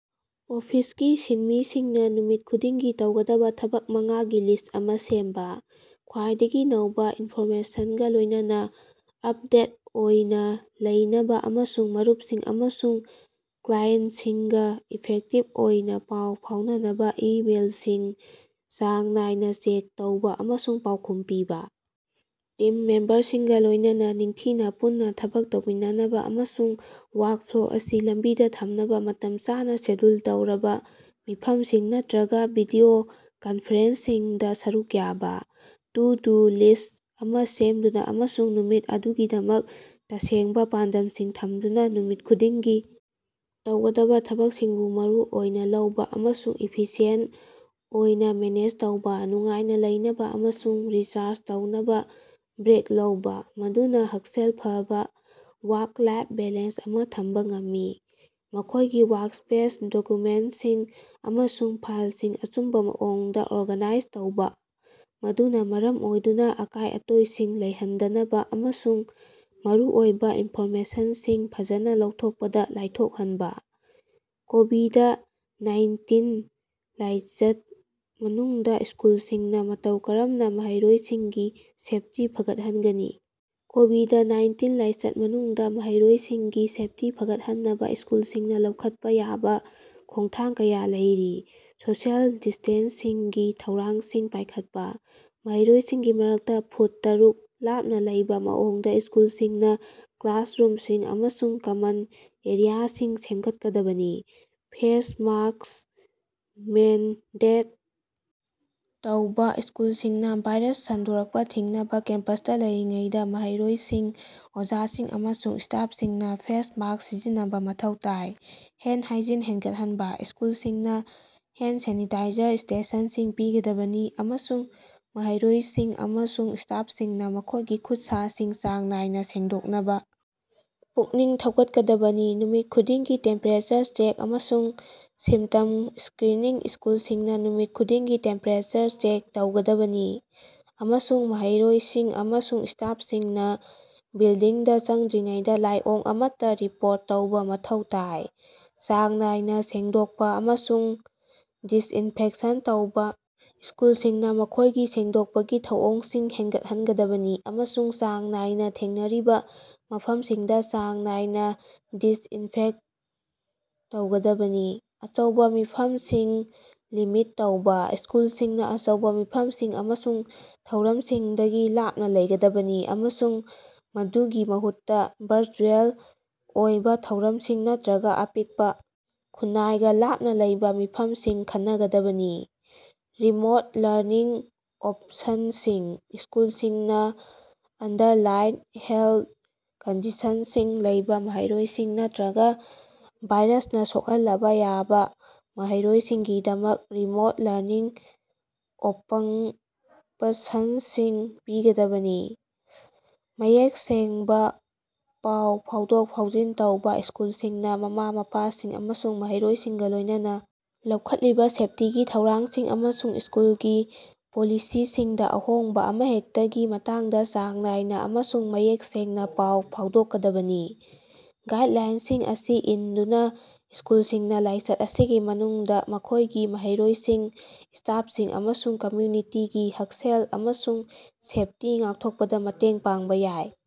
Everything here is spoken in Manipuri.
ꯑꯣꯐꯤꯁꯀꯤ ꯁꯤꯟꯃꯤꯁꯤꯡꯅ ꯅꯨꯃꯤꯠ ꯈꯨꯗꯤꯡꯒꯤ ꯇꯧꯒꯗꯕ ꯊꯕꯛ ꯃꯉꯥꯒꯤ ꯂꯤꯁ꯭ꯠ ꯑꯃ ꯁꯦꯝꯕ꯫ ꯈ꯭ꯋꯥꯏꯗꯒꯤ ꯅꯧꯕ ꯏꯟꯐꯣꯔꯃꯦꯁꯟꯒ ꯂꯣꯏꯅꯅ ꯑꯞꯗꯦꯠ ꯑꯣꯏꯅ ꯂꯩꯅꯕ ꯑꯃꯁꯨꯡ ꯃꯔꯨꯞꯁꯤꯡ ꯑꯃꯁꯨꯡ ꯀ꯭ꯂꯥꯏꯑꯦꯟꯇꯁꯤꯡꯒ ꯏꯐꯦꯛꯇꯤꯕ ꯑꯣꯏꯅ ꯄꯥꯎ ꯐꯥꯎꯅꯅꯕ ꯏꯃꯦꯜꯁꯤꯡ ꯆꯥꯡ ꯅꯥꯏꯅ ꯆꯦꯛ ꯇꯧꯕ ꯑꯃꯁꯨꯡ ꯄꯥꯎꯈꯨꯝ ꯄꯤꯕ꯫ ꯇꯤꯝ ꯃꯦꯝꯕꯔꯁꯤꯡꯒ ꯂꯣꯏꯅꯅ ꯅꯤꯡꯊꯤꯅ ꯄꯨꯟꯅ ꯊꯕꯛ ꯇꯧꯃꯤꯟꯅꯅꯕ ꯑꯃꯁꯨꯡ ꯋꯥꯔꯛꯐ꯭ꯂꯣ ꯑꯁꯤ ꯂꯝꯕꯤꯗ ꯊꯝꯅꯕ ꯃꯇꯝ ꯆꯥꯅ ꯁꯦꯗ꯭ꯌꯨꯜ ꯇꯧꯔꯕ ꯃꯤꯐꯝꯁꯤꯡ ꯅꯠꯇ꯭ꯔꯒ ꯚꯤꯗꯤꯑꯣ ꯀꯟꯐꯔꯦꯟꯁꯁꯤꯡꯗ ꯁꯔꯨꯛ ꯌꯥꯕ꯫ ꯇꯨ-ꯗꯨ-ꯂꯤꯁ꯭ꯠ ꯑꯃ ꯁꯦꯝꯗꯨꯅ ꯑꯃꯁꯨꯡ ꯅꯨꯃꯤꯠ ꯑꯗꯨꯒꯤꯗꯃꯛ ꯇꯁꯦꯡꯕ ꯄꯥꯟꯗꯝꯁꯤꯡ ꯊꯝꯗꯨꯅ ꯅꯨꯃꯤꯠ ꯈꯨꯗꯤꯡꯒꯤ ꯇꯧꯒꯗꯕ ꯊꯕꯛꯁꯤꯡꯕꯨ ꯃꯔꯨ ꯑꯣꯏꯅ ꯂꯧꯕ ꯑꯃꯁꯨꯡ ꯏꯐꯤꯁꯤꯌꯦꯟꯇ ꯑꯣꯏꯅ ꯃꯦꯅꯦꯖ ꯇꯧꯕ꯫ ꯅꯨꯡꯉꯥꯏꯅ ꯂꯩꯅꯕ ꯑꯃꯁꯨꯡ ꯔꯤꯆꯥꯔꯖ ꯇꯧꯅꯕ ꯕ꯭ꯔꯦꯛ ꯂꯧꯕ, ꯃꯗꯨꯅ ꯍꯛꯁꯦꯜ ꯐꯕ ꯋꯥꯔꯛ-ꯂꯥꯏꯐ ꯕꯦꯂꯦꯟꯁ ꯑꯃ ꯊꯝꯕ ꯉꯝꯃꯤ꯫ ꯃꯈꯣꯏꯒꯤ ꯋꯥꯔꯛꯁ꯭ꯄꯦꯁ, ꯗꯣꯀ꯭ꯌꯨꯃꯦꯟꯇꯁꯤꯡ ꯑꯃꯁꯨꯡ ꯐꯥꯏꯜꯁꯤꯡ ꯑꯆꯨꯝꯕ ꯃꯑꯣꯡꯗ ꯑꯣꯔꯒꯅꯥꯏꯖ ꯇꯧꯕ, ꯃꯗꯨꯅ ꯃꯔꯝ ꯑꯣꯏꯗꯨꯅ ꯑꯀꯥꯏ-ꯑꯇꯣꯏꯁꯤꯡ ꯂꯩꯍꯟꯗꯅꯕ ꯑꯃꯁꯨꯡ ꯃꯔꯨꯑꯣꯏꯕ ꯏꯟꯐꯣꯔꯃꯦꯁꯟꯁꯤꯡ ꯐꯖꯅ ꯂꯧꯊꯣꯛꯄꯗ ꯂꯥꯏꯊꯣꯛꯍꯟꯕ꯫ ꯀꯣꯕꯤꯗ-ꯅꯥꯏꯟꯇꯤꯟ ꯂꯥꯏꯆꯠ ꯃꯅꯨꯡꯗ ꯁ꯭ꯀꯨꯜꯁꯤꯡꯅ ꯃꯇꯧ ꯀꯔꯝꯅ ꯃꯍꯩꯔꯣꯏꯁꯤꯡꯒꯤ ꯁꯦꯐꯇꯤ ꯐꯒꯠꯍꯟꯒꯅꯤ? ꯀꯣꯕꯤꯗ- ꯅꯥꯏꯟꯇꯤꯟ ꯂꯥꯏꯆꯠ ꯃꯅꯨꯡꯗ ꯃꯍꯩꯔꯣꯏꯁꯤꯡꯒꯤ ꯁꯦꯐꯇꯤ ꯐꯒꯠꯍꯟꯅꯕ ꯁ꯭ꯀꯨꯜꯁꯤꯡꯅ ꯂꯧꯈꯠꯄ ꯌꯥꯕ ꯈꯣꯡꯊꯥꯡ ꯀꯌ ꯂꯩꯔꯤ: ꯁꯣꯁꯤꯑꯦꯜ ꯗꯤꯁꯇꯦꯟꯁꯤꯡꯒꯤ ꯊꯧꯔꯥꯡꯁꯤꯡ ꯄꯥꯏꯈꯠꯄ: ꯃꯍꯩꯔꯣꯏꯁꯤꯡꯒꯤ ꯃꯔꯛꯇ ꯐꯨꯠ ꯇꯔꯨꯛ ꯂꯥꯞꯅ ꯂꯩꯕ ꯃꯑꯣꯡꯗ ꯁ꯭ꯀꯨꯜꯁꯤꯡꯅ ꯀ꯭ꯂꯥꯁꯔꯨꯝꯁꯤꯡ ꯑꯃꯁꯨꯡ ꯀꯃꯟ ꯑꯦꯔꯤꯌꯥꯁꯤꯡ ꯁꯦꯝꯒꯠꯀꯗꯕꯅꯤ꯫ ꯐꯦꯁ ꯃꯥꯁ꯭ꯛ ꯃꯦꯟꯗꯦꯠ ꯇꯧꯕꯥ: ꯁ꯭ꯀꯨꯜꯁꯤꯡꯅ ꯚꯥꯏꯔꯁ ꯁꯟꯗꯣꯔꯛꯄ ꯊꯤꯡꯅꯕ ꯀꯦꯝꯄꯁꯇ ꯂꯩꯔꯤꯉꯩꯗ ꯃꯍꯩꯔꯣꯏꯁꯤꯡ, ꯑꯣꯖꯥꯁꯤꯡ, ꯑꯃꯁꯨꯡ ꯁ꯭ꯇꯥꯐꯁꯤꯡꯅ ꯐꯦꯁ ꯃꯥꯁ꯭ꯛ ꯁꯤꯖꯤꯟꯅꯕ ꯃꯊꯧ ꯇꯥꯏ꯫ ꯍꯦꯟꯗ ꯍꯥꯏꯖꯤꯟ ꯍꯦꯟꯒꯠꯍꯟꯕ: ꯁ꯭ꯀꯨꯜꯁꯤꯡꯅ ꯍꯦꯟꯗ ꯁꯦꯅꯤꯇꯥꯏꯖꯔ ꯁ꯭ꯇꯦꯁꯟꯁꯤꯡ ꯄꯤꯒꯗꯕꯅꯤ ꯑꯃꯁꯨꯡ ꯃꯍꯩꯔꯣꯏꯁꯤꯡ ꯑꯃꯁꯨꯡ ꯁ꯭ꯇꯥꯐꯁꯤꯡꯅ ꯃꯈꯣꯏꯒꯤ ꯈꯨꯠꯁꯥꯁꯤꯡ ꯆꯥꯡ ꯅꯥꯏꯅ ꯁꯦꯡꯗꯣꯛꯅꯕ ꯄꯨꯛꯅꯤꯡ ꯊꯧꯒꯠꯀꯗꯕꯅꯤ꯫ ꯅꯨꯃꯤꯠ ꯈꯨꯗꯤꯡꯒꯤ ꯇꯦꯝꯄꯦꯔꯦꯆꯔ ꯆꯦꯛ ꯑꯃꯁꯨꯡ ꯁꯤꯝꯇꯝ ꯁ꯭ꯀꯔꯤꯅꯤꯡ: ꯁ꯭ꯀꯨꯜꯁꯤꯡꯅ ꯅꯨꯃꯤꯠ ꯈꯨꯗꯤꯡꯒꯤ ꯇꯦꯝꯄꯦꯔꯦꯆꯔ ꯆꯦꯛ ꯇꯧꯒꯗꯕꯅꯤ ꯑꯃꯁꯨꯡ ꯃꯍꯩꯔꯣꯏꯁꯤꯡ ꯑꯃꯁꯨꯡ ꯁ꯭ꯇꯥꯐꯁꯤꯡꯅ ꯕꯤꯜꯗꯤꯡꯗ ꯆꯪꯗ꯭ꯔꯤꯉꯩꯗ ꯂꯥꯏꯑꯣꯡ ꯑꯃꯠꯇ ꯔꯤꯄꯣꯔꯠ ꯇꯧꯕ ꯃꯊꯧ ꯇꯥꯏ꯫ ꯆꯥꯡ ꯅꯥꯏꯅ ꯁꯦꯡꯗꯣꯛꯄ ꯑꯃꯁꯨꯡ ꯗꯤꯁꯏꯟꯐꯦꯛꯁꯟ ꯇꯧꯕ: ꯁ꯭ꯀꯨꯜꯁꯤꯡꯅ ꯃꯈꯣꯏꯒꯤ ꯁꯦꯡꯗꯣꯛꯄꯒꯤ ꯊꯧꯑꯣꯡꯁꯤꯡ ꯍꯦꯟꯒꯠꯍꯟꯒꯗꯕꯅꯤ ꯑꯃꯁꯨꯡ ꯆꯥꯡ ꯅꯥꯏꯅ ꯊꯦꯡꯅꯔꯤꯕ ꯃꯐꯝꯁꯤꯡꯗ ꯆꯥꯡ ꯅꯥꯏꯅ ꯗꯤꯁꯏꯟꯐꯦꯛꯇ ꯇꯧꯒꯗꯕꯅꯤ꯫ ꯑꯆꯧꯕ ꯃꯤꯐꯝꯁꯤꯡ ꯂꯤꯃꯤꯠ ꯇꯧꯕ: ꯁ꯭ꯀꯨꯜꯁꯤꯡꯅ ꯑꯆꯧꯕ ꯃꯤꯐꯝꯁꯤꯡ ꯑꯃꯁꯨꯡ ꯊꯧꯔꯝꯁꯤꯡꯗꯒꯤ ꯂꯥꯞꯅ ꯂꯩꯒꯗꯕꯅꯤ, ꯑꯃꯁꯨꯡ ꯃꯗꯨꯒꯤ ꯃꯍꯨꯠꯇ ꯚꯔꯆꯨꯑꯦꯜ ꯑꯣꯏꯕ ꯊꯧꯔꯝꯁꯤꯡ ꯅꯠꯇ‌꯭ꯔꯒ ꯑꯄꯤꯛꯄ, ꯈꯨꯟꯅꯥꯏꯒ ꯂꯥꯞꯅ ꯂꯩꯕ ꯃꯤꯐꯝꯁꯤꯡ ꯈꯟꯅꯒꯗꯕꯅꯤ꯫ ꯔꯤꯃꯣꯠ ꯂꯔꯅꯤꯡ ꯑꯣꯞꯁꯟꯁꯤꯡ: ꯁ꯭ꯀꯨꯜꯁꯤꯡꯅ ꯑꯟꯗꯔꯂꯥꯏꯟ ꯍꯦꯜꯊ ꯀꯟꯗꯤꯁꯟꯁꯤꯡ ꯂꯩꯕ ꯃꯍꯩꯔꯣꯏꯁꯤꯡ ꯅꯠꯇ‌꯭ꯔꯒ ꯚꯥꯏꯔꯁꯅ ꯁꯣꯛꯍꯜꯂꯕ ꯌꯥꯕ ꯃꯍꯩꯔꯣꯏꯁꯤꯡꯒꯤꯗꯃꯛ ꯔꯤꯃꯣꯠ ꯂꯔꯅꯤꯡ ꯑꯣꯄꯡꯞꯁꯟꯁꯤꯡ ꯄꯤꯒꯗꯕꯅꯤ꯫ ꯃꯌꯦꯛ ꯁꯦꯡꯕ ꯄꯥꯎ ꯐꯥꯎꯗꯣꯛ-ꯐꯥꯎꯖꯤꯟ ꯇꯧꯕ: ꯁ꯭ꯀꯨꯜꯁꯤꯡꯅ ꯃꯃꯥ-ꯃꯄꯥꯁꯤꯡ ꯑꯃꯁꯨꯡ ꯃꯍꯩꯔꯣꯏꯁꯤꯡꯒ ꯂꯣꯏꯅꯅ ꯂꯧꯈꯠꯂꯤꯕ ꯁꯦꯐꯇꯤꯒꯤ ꯊꯧꯔꯥꯡꯁꯤꯡ ꯑꯃꯁꯨꯡ ꯁ꯭ꯀꯨꯜꯒꯤ ꯄꯣꯂꯤꯁꯤꯁꯤꯡꯗ ꯑꯍꯣꯡꯕ ꯑꯃꯍꯦꯛꯇꯒꯤ ꯃꯇꯥꯡꯗ ꯆꯥꯡ ꯅꯥꯏꯅ ꯑꯃꯁꯨꯡ ꯃꯌꯦꯛ ꯁꯦꯡꯅ ꯄꯥꯎ ꯐꯥꯎꯗꯣꯛꯀꯗꯕꯅꯤ꯫ ꯒꯥꯏꯗꯂꯥꯏꯟꯁꯤꯡ ꯑꯁꯤ ꯏꯟꯗꯨꯅ ꯁ꯭ꯀꯨꯜꯁꯤꯡꯅ ꯂꯥꯏꯆꯠ ꯑꯁꯤꯒꯤ ꯃꯅꯨꯡꯗ ꯃꯈꯣꯏꯒꯤ ꯃꯍꯩꯔꯣꯏꯁꯤꯡ, ꯁ꯭ꯇꯥꯐꯁꯤꯡ ꯑꯃꯁꯨꯡ ꯀꯝꯃ꯭ꯌꯨꯅꯤꯇꯤꯒꯤ ꯍꯛꯁꯦꯜ ꯑꯃꯁꯨꯡ ꯁꯦꯐꯇꯤ ꯉꯥꯛꯊꯣꯛꯄꯗ ꯃꯇꯦꯡ ꯄꯥꯡꯕ ꯌꯥꯏ꯫